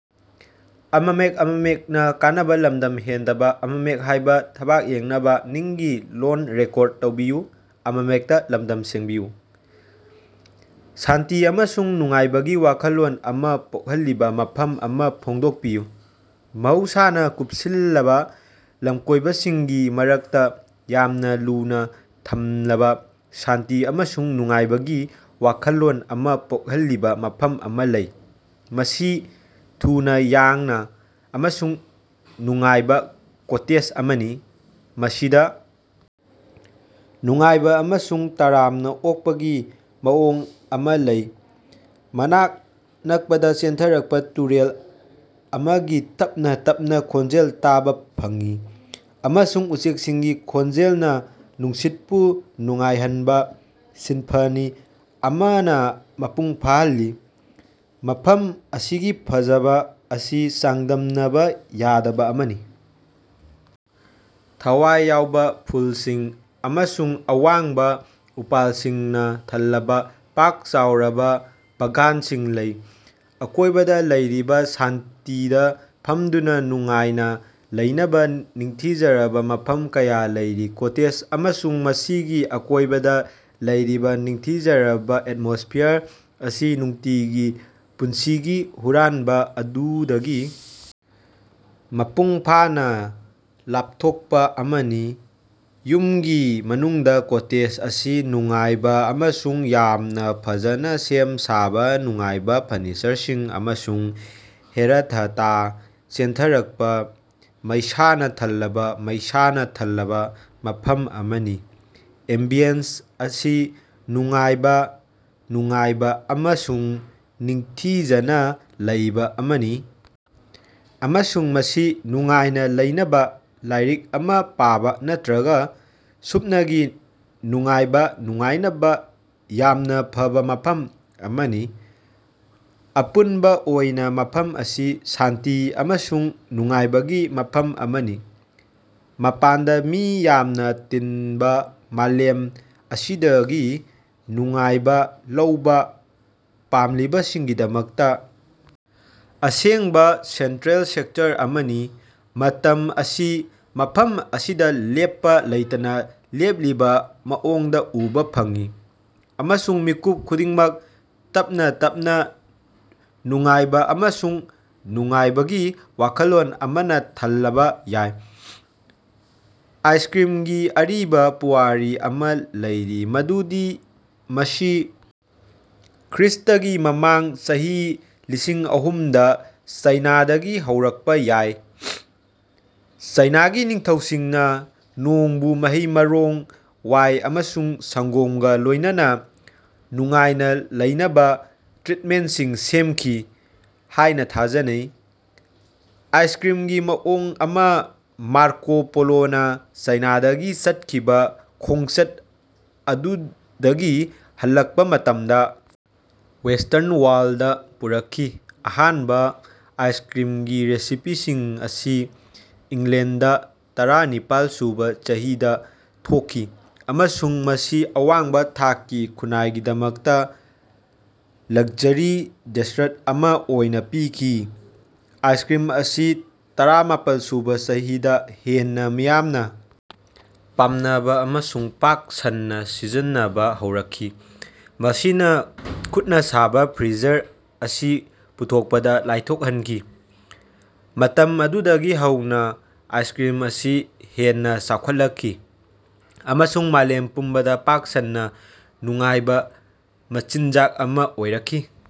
ꯁꯥꯟꯇꯤ ꯑꯃꯁꯨꯡ ꯅꯨꯡꯉꯥꯏꯕꯒꯤ ꯋꯥꯈꯜꯂꯣꯟ ꯑꯃ ꯄꯣꯛꯍꯜꯂꯤꯕ ꯃꯐꯝ ꯑꯃ ꯐꯣꯡꯗꯣꯛꯄꯤꯌꯨ꯫ ꯃꯍꯧꯁꯥꯅ ꯀꯨꯄꯁꯤꯜꯂꯕ ꯂꯝꯀꯣꯏꯕꯁꯤꯡꯒꯤ ꯃꯔꯛꯇ ꯌꯥꯝꯅ ꯂꯨꯅ ꯊꯝꯂꯕ ꯁꯥꯟꯇꯤ ꯑꯃꯁꯨꯡ ꯅꯨꯡꯉꯥꯏꯕꯒꯤ ꯋꯥꯈꯜꯂꯣꯟ ꯑꯃ ꯄꯣꯛꯍꯜꯂꯤꯕ ꯃꯐꯝ ꯑꯃ ꯂꯩ꯫ ꯃꯁꯤ ꯊꯨꯅ ꯌꯥꯡꯅ ꯑꯃꯁꯨꯡ ꯅꯨꯡꯉꯥꯏꯕ ꯀꯣꯇꯦꯖ ꯑꯃꯅꯤ꯫ ꯃꯁꯤꯗ ꯅꯨꯡꯉꯥꯏꯕ ꯑꯃꯁꯨꯡ ꯇꯔꯥꯝꯅ ꯑꯣꯛꯄꯒꯤ ꯃꯑꯣꯡ ꯑꯃ ꯂꯩ꯫ ꯃꯅꯥꯛ ꯅꯀꯄꯗ ꯆꯦꯟꯊꯔꯛꯄ ꯇꯨꯔꯦꯜ ꯑꯃꯒꯤ ꯇꯞꯅ ꯇꯞꯅ ꯈꯣꯟꯖꯦꯜ ꯇꯥꯕ ꯐꯪꯏ꯫ ꯑꯃꯁꯨꯡ ꯎꯆꯦꯛꯁꯤꯡꯒꯤ ꯈꯣꯟꯖꯦꯜꯅ ꯅꯨꯡꯁꯤꯠꯄꯨ ꯅꯨꯡꯉꯥꯏꯍꯟꯕ ꯁꯤꯝꯐꯅꯤ ꯑꯃꯅ ꯃꯄꯨꯡ ꯐꯥꯍꯜꯂꯤ꯫ ꯃꯐꯝ ꯑꯁꯤꯒꯤ ꯐꯖꯕ ꯑꯁꯤ ꯆꯥꯡꯗꯝꯅꯕ ꯌꯥꯗꯕ ꯑꯃꯅꯤ꯫ ꯊꯋꯥꯏ ꯌꯥꯎꯕ ꯐꯨꯜꯁꯤꯡ ꯑꯃꯁꯨꯡ ꯑꯋꯥꯡꯕ ꯎꯄꯥꯜꯁꯤꯡꯅ ꯊꯜꯂꯕ ꯄꯥꯛ ꯆꯥꯎꯔꯕ ꯕꯥꯒꯥꯟꯁꯤꯡ ꯂꯩ꯫ ꯑꯀꯣꯏꯕꯗ ꯂꯩꯔꯤꯕ ꯁꯥꯟꯇꯤꯗ ꯐꯝꯗꯨꯅ ꯅꯨꯡꯉꯥꯏꯅ ꯂꯩꯅꯕ ꯅꯤꯡꯊꯤꯖꯔꯕ ꯃꯐꯝ ꯀꯌꯥ ꯂꯩꯔꯤ꯫ ꯀꯣꯇꯦꯖ ꯑꯃꯁꯨꯡ ꯃꯁꯤꯒꯤ ꯑꯀꯣꯏꯕꯗ ꯂꯩꯔꯤꯕ ꯅꯤꯡꯊꯤꯖꯔꯕ ꯑꯦꯠꯃꯣꯁ꯭ꯐꯤꯌꯥꯔ ꯑꯁꯤ ꯅꯨꯡꯇꯤꯒꯤ ꯄꯨꯟꯁꯤꯒꯤ ꯍꯨꯔꯥꯟꯕ ꯑꯗꯨꯗꯒꯤ ꯃꯄꯨꯡ ꯐꯥꯅ ꯂꯥꯞꯊꯣꯛꯄ ꯑꯃꯅꯤ꯫ ꯌꯨꯝꯒꯤ ꯃꯅꯨꯡꯗ ꯀꯣꯇꯦꯖ ꯑꯁꯤ ꯅꯨꯡꯉꯥꯏꯕ ꯑꯃꯁꯨꯡ ꯌꯥꯝꯅ ꯐꯖꯅ ꯁꯦꯝ ꯁꯥꯕ ꯅꯨꯡꯉꯥꯏꯕ ꯐꯔꯅꯤꯆꯔꯁꯤꯡ ꯑꯃꯁꯨꯡ ꯍꯦꯔꯊꯇꯥ ꯆꯦꯟꯊꯔꯛꯄ ꯃꯩꯁꯥꯅ ꯊꯜꯂꯕ ꯃꯩꯁꯥꯅ ꯊꯜꯂꯕ ꯃꯐꯝ ꯑꯃꯅꯤ꯫ ꯑꯦꯝꯕꯤꯌꯟꯁ ꯑꯁꯤ ꯅꯨꯡꯉꯥꯏꯕ ꯅꯨꯡꯉꯥꯏꯕ ꯑꯃꯁꯨꯡ ꯅꯤꯡꯊꯤꯖꯅ ꯂꯩꯕ ꯑꯃꯅꯤ꯫ ꯑꯃꯁꯨꯡ ꯃꯁꯤ ꯅꯨꯡꯉꯥꯏꯅ ꯂꯩꯅꯕ ꯂꯥꯏꯔꯤꯛ ꯑꯃ ꯄꯥꯕꯥ ꯅꯠꯇ꯭ꯔꯒ ꯁꯨꯞꯅꯒꯤ ꯅꯨꯡꯉꯥꯏꯕ ꯅꯨꯡꯉꯥꯏꯅꯕ ꯌꯥꯝꯅ ꯐꯕ ꯃꯐꯝ ꯑꯃꯅꯤ꯫ ꯑꯄꯨꯟꯕ ꯑꯣꯏꯅ ꯃꯐꯝ ꯑꯁꯤ ꯁꯥꯟꯇꯤ ꯑꯃꯁꯨꯡ ꯅꯨꯡꯉꯥꯏꯕꯒꯤ ꯃꯐꯝ ꯑꯃꯅꯤ꯫ ꯃꯄꯥꯟꯗ ꯃꯤ ꯌꯥꯝꯅ ꯇꯤꯟꯕ ꯃꯥꯂꯦꯝ ꯑꯁꯤꯗꯒꯤ ꯅꯨꯡꯉꯥꯏꯕ ꯂꯧꯕ ꯄꯥꯝꯂꯤꯕꯁꯤꯡꯒꯤꯗꯃꯛꯇ ꯑꯁꯦꯡꯕ ꯁꯦꯟꯇ꯭ꯔꯦꯜ ꯁꯦꯛꯇꯔ ꯑꯃꯅꯤ꯫ ꯃꯇꯝ ꯑꯁꯤ ꯃꯐꯝ ꯑꯁꯤꯗ ꯂꯦꯞꯄ ꯂꯩꯇꯅ ꯂꯦꯞꯂꯤꯕ ꯃꯑꯣꯡꯗ ꯎꯕ ꯐꯪꯏ꯫ ꯑꯃꯁꯨꯡ ꯃꯤꯀꯨꯞ ꯈꯨꯗꯤꯡꯃꯛ ꯇꯞꯅ ꯇꯞꯅ ꯅꯨꯡꯉꯥꯏꯕ ꯑꯃꯁꯨꯡ ꯅꯨꯡꯉꯥꯏꯕꯒꯤ ꯋꯥꯈꯜꯂꯣꯟ ꯑꯃꯅ ꯊꯜꯂꯕ ꯌꯥꯏ꯫ ꯑꯥꯏꯁꯀ꯭ꯔꯤꯝꯒꯤ ꯑꯔꯤꯕ ꯄꯨꯋꯥꯔꯤ ꯑꯃ ꯂꯩꯔꯤ ꯃꯗꯨꯗꯤ ꯃꯁꯤ ꯈ꯭ꯔ꯭ꯤꯁ꯭ꯇꯒꯤ ꯃꯃꯥꯡ ꯆꯍꯤ ꯂꯤꯁꯤꯡ ꯑꯍꯨꯝꯗ ꯆꯥꯏꯅꯥꯗꯒꯤ ꯍꯧꯔꯛꯄ ꯌꯥꯏ꯫ ꯆꯥꯏꯅꯥꯒꯤ ꯅꯤꯡꯊꯧꯁꯤꯡꯅ ꯅꯣꯡꯕꯨ ꯃꯍꯩ-ꯃꯔꯣꯡ, ꯋꯥꯏ ꯑꯃꯁꯨꯡ ꯁꯪꯒꯣꯝꯒ ꯂꯣꯏꯅꯅ ꯅꯨꯡꯉꯥꯏꯅ ꯂꯩꯅꯕ ꯇ꯭ꯔꯤꯠꯃꯦꯟꯇꯁꯤꯡ ꯁꯦꯝꯈꯤ ꯍꯥꯏꯅ ꯊꯥꯖꯅꯩ꯫ ꯑꯥꯏꯁꯀ꯭ꯔꯤꯃꯒꯤ ꯃꯑꯣꯡ ꯑꯃ ꯃꯥꯔꯀꯣ ꯄꯣꯂꯣꯅꯥ ꯆꯥꯏꯅꯥꯗ ꯆꯠꯈꯤꯕ ꯈꯣꯡꯆꯠ ꯑꯗꯨꯗꯒꯤ ꯍꯜꯂꯛꯄ ꯃꯇꯝꯗ ꯋꯦꯁ꯭ꯇꯔꯟ ꯋꯥꯔꯜꯗ ꯗ ꯄꯨꯔꯛꯈꯤ꯫ ꯑꯍꯥꯟꯕ ꯑꯥꯏꯁꯀ꯭ꯔꯤꯝꯒꯤ ꯔꯦꯁꯤꯄꯤꯁꯤꯡ ꯑꯁꯤ ꯏꯪꯂꯦꯟꯗ ꯗ ꯇꯔꯥ ꯅꯤꯄꯥꯜ ꯁꯨꯕ ꯆꯍꯤꯆꯥꯗ ꯊꯣꯛꯈꯤ ꯫ ꯑꯃꯁꯨꯡ ꯃꯁꯤ ꯑꯋꯥꯡꯕ ꯊꯥꯛꯀꯤ ꯈꯨꯟꯅꯥꯏꯒꯤꯗꯃꯛꯇ ꯂꯛꯖꯔꯤ ꯗꯦꯁꯔꯠ ꯑꯃ ꯑꯣꯏꯅ ꯄꯤꯈꯤ꯫ ꯑꯥꯏꯁꯀ꯭ꯔꯤꯝ ꯑꯁꯤ ꯇꯔꯥꯃꯥꯄꯜ ꯁꯨꯕ ꯆꯍꯤꯆꯥꯗ ꯍꯦꯟꯅ ꯃꯤꯌꯥꯝꯅ ꯄꯥꯝꯅꯕ ꯑꯃꯁꯨꯡ ꯄꯥꯛ ꯁꯟꯅ ꯁꯤꯖꯤꯟꯅꯕ ꯍꯧꯔꯛꯈꯤ꯫ ꯃꯁꯤꯅ ꯈꯨꯠꯅ ꯁꯥꯕ ꯐ꯭ꯔꯤꯖꯔ ꯑꯁꯤ ꯄꯨꯊꯣꯛꯄꯗ ꯂꯥꯏꯊꯣꯛꯍꯟꯈꯤ꯫ ꯃꯇꯝ ꯑꯗꯨꯗꯒꯤ ꯍꯧꯅ ꯑꯥꯏꯁꯀ꯭ꯔꯤꯝ ꯑꯁꯤ ꯍꯦꯟꯅ ꯆꯥꯎꯈꯠꯂꯛꯈꯤ ꯫ꯑꯃꯁꯨꯡ ꯃꯥꯂꯦꯝ ꯄꯨꯝꯕꯗ ꯄꯥꯛ ꯁꯟꯅ ꯅꯨꯡꯉꯥꯏꯕ ꯃꯆꯤꯟꯖꯥꯛ ꯑꯃ ꯑꯣꯏꯔꯛꯈꯤ꯫